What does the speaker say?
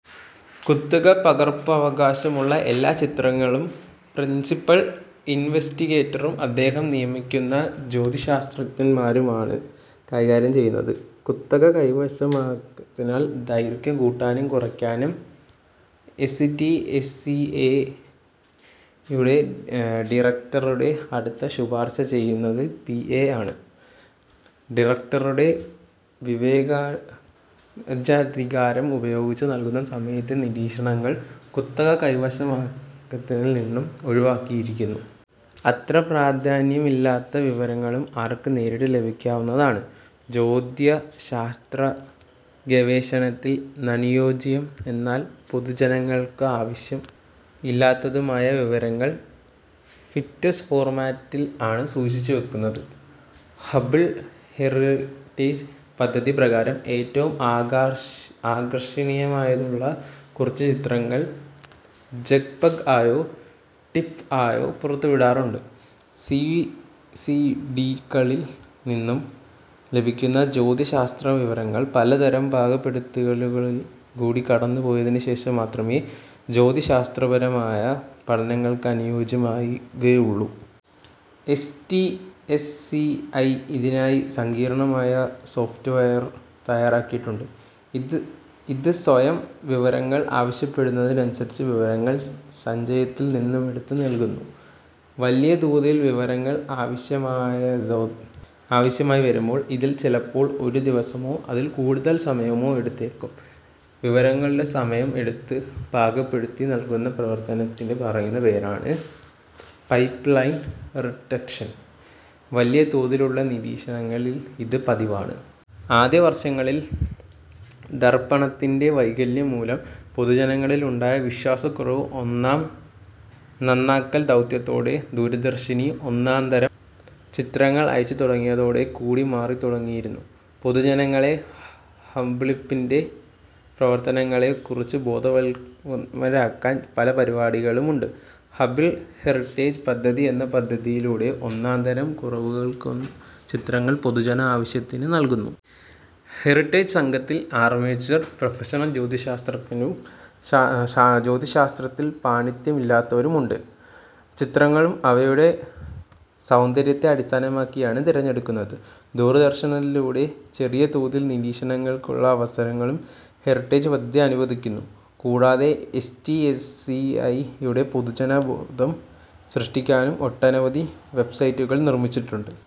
കുത്തകപകർപ്പവകാശമുള്ള എല്ലാ ചിത്രങ്ങളും പ്രിൻസിപൽ ഇൻവെസ്റ്റിഗേറ്ററും അദ്ദേഹം നിയമിക്കുന്ന ജ്യോതിശാസ്ത്രജ്ഞൻമാരും ആണ് കൈകാര്യം ചെയ്യുന്നത്. കുത്തക കൈവശമാകാശത്തിന്റെ ദൈർഘ്യം കൂട്ടാനും കുറക്കാനും S. T. S. C. I. യുടെ ഡിറക്റ്ററുടെ അടുത്ത് ശുപാർശ ചെയ്യുന്നത് പി. ഐ. ആണ്. ഡിറക്റ്ററുടെ വിവേകചനാധികാരം ഉപയോഗിച്ച് നൽകുന്ന സമയത്തെ നിരീക്ഷണങ്ങൾ കുത്തക കൈവശാവകാശത്തിൽ നിന്നും ഒഴിവാക്കിയിരിക്കുന്നു. അത്ര പ്രാധാന്യമില്ലാത്ത വിവരങ്ങളും ആർക്കും നേരിട്ട് ലഭിക്കാവുന്നതാണ്. ജ്യോത്യശാസ്ത്രഗവേഷണത്തിനനുയോജ്യവും എന്നാൽ പൊതുജനങ്ങൾക്ക് ആവശ്യമില്ലാത്തതുമായ വിവരങ്ങൾ ഫിറ്റ്സ് ഫോർമാറ്റിൽ ആണ് സൂക്ഷിച്ചു വെക്കുന്നത്. ഹബിൾ ഹെറിറ്റേജ് പദ്ധതി പ്രകാരം ഏറ്റവും ആകാ ആകർഷണീയതയുള്ള കുറച്ചുചിത്രങ്ങൾ ജെപെഗ് ആയോ റ്റിഫ് ആയോ പുറത്തുവിടാറുണ്ട്. സി. സി. ഡി. കളിൽ നിന്നും ലഭിക്കുന്ന ജ്യോതിശാസ്ത്ര വിവരങ്ങൾ പലതരം പാകപ്പെടുത്തലുകളിൽ കൂടി കടന്നു പോയതിനു ശേഷം മാത്രമേ ജ്യോതിശാസ്ത്രപരമായ പഠനങ്ങൾക്കനുയോജ്യമായിവുകയുള്ളൂ. S. T. S. C. I. ഇതിനായി സങ്കീർണ്ണമായ സോഫ്റ്റ്വെയർ തയ്യാറാക്കിയിട്ടുണ്ട്, ഇത്ഇത് സ്വയം വിവരങ്ങൾആവശ്യപ്പെടുന്നതനുസരിച്ച് വിവരങ്ങളൾസഞ്ചയത്തിൽ നിന്നുമെടുത്ത് നൽകുന്നു. വലിയതോതിൽ വിവരങ്ങൾ ആവശ്യമായി വരുമ്പോൾ ഇതിന് ചിലപ്പോൾ ഒരു ദിവസമോ അതിൽ കൂടുതലോ സമയം എടുത്തേക്കും. വിവരങ്ങൾ സ്വയം എടുത്ത് പാകപ്പെടുത്തി നൽകുന്ന പ്രവർത്തനത്തിനു പറയുന്ന പേരാണ് 'പൈപ്പ്ലൈൻ റിട്ടക്ഷൻ', വലിയ തോതിലുള്ള നിരീക്ഷണങ്ങളിൽ ഇത് പതിവാണ്. ആദ്യ വർഷങ്ങളിൽ ദർപ്പണത്തിന്റെ വൈകല്യം മൂലം പൊതുജനങ്ങളിൽ ഉണ്ടായ വിശ്വാസക്കുറവ് ഒന്നാം നന്നാക്കൽ ദൗത്യത്തോടെ ദൂരദർശിനി ഒന്നാം തരം ചിത്രങ്ങൾ അയച്ചു തുടങ്ങിയതോടു കൂടി മാറിത്തുടങ്ങിയിരുന്നു. പൊതുജനങ്ങളെ ഹബിളിപ്പിന്റെ പ്രവർത്തനങ്ങളെ കുറിച്ച് ബോധവൽക്കരാക്കാൻ പല പരിപാടികളുമുണ്ട്. ഹബിൾ ഹെറിട്ടേജ് പദ്ധതി എന്ന പദ്ധതിയിലൂടെ ഒന്നാംതരം കുറിക്കുകൊള്ളുന്ന ചിത്രങ്ങൾ പൊതുജനാവശ്യത്തിനായി നൽകുന്നു. ഹെറിട്ടേജ് സംഘത്തിൽ അർമെച്ചെർ, പ്രൊഫഷണൽ ജ്യോതിശാസ്ത്രജ്ഞരും ജ്യോതിശാസ്തത്തിൽ പാണ്ഡിത്യം ഇല്ലാത്തവരുമുണ്ട്. ചിത്രങ്ങൾ അവയുടെ സൌന്ദര്യത്തെ അടിസ്ഥാനമാക്കിയാണ് തിരഞ്ഞെടുക്കുന്നത്. ദൂരദർശിനിയിലൂടെ ചെറിയ തോതിൽ നിരീക്ഷണങ്ങൾക്കുള്ള അവസരങ്ങളും ഹെറിട്ടേജ് പദ്ധതി അനുവദിക്കുന്നു. കൂടാതെ S. T. S. C. I യും പൊതുജനാവബോധം സൃഷ്ടിക്കാൻ ഒട്ടനവധി വെബ്സൈറ്റുകൾ നിർമ്മിച്ചിട്ടുണ്ട്.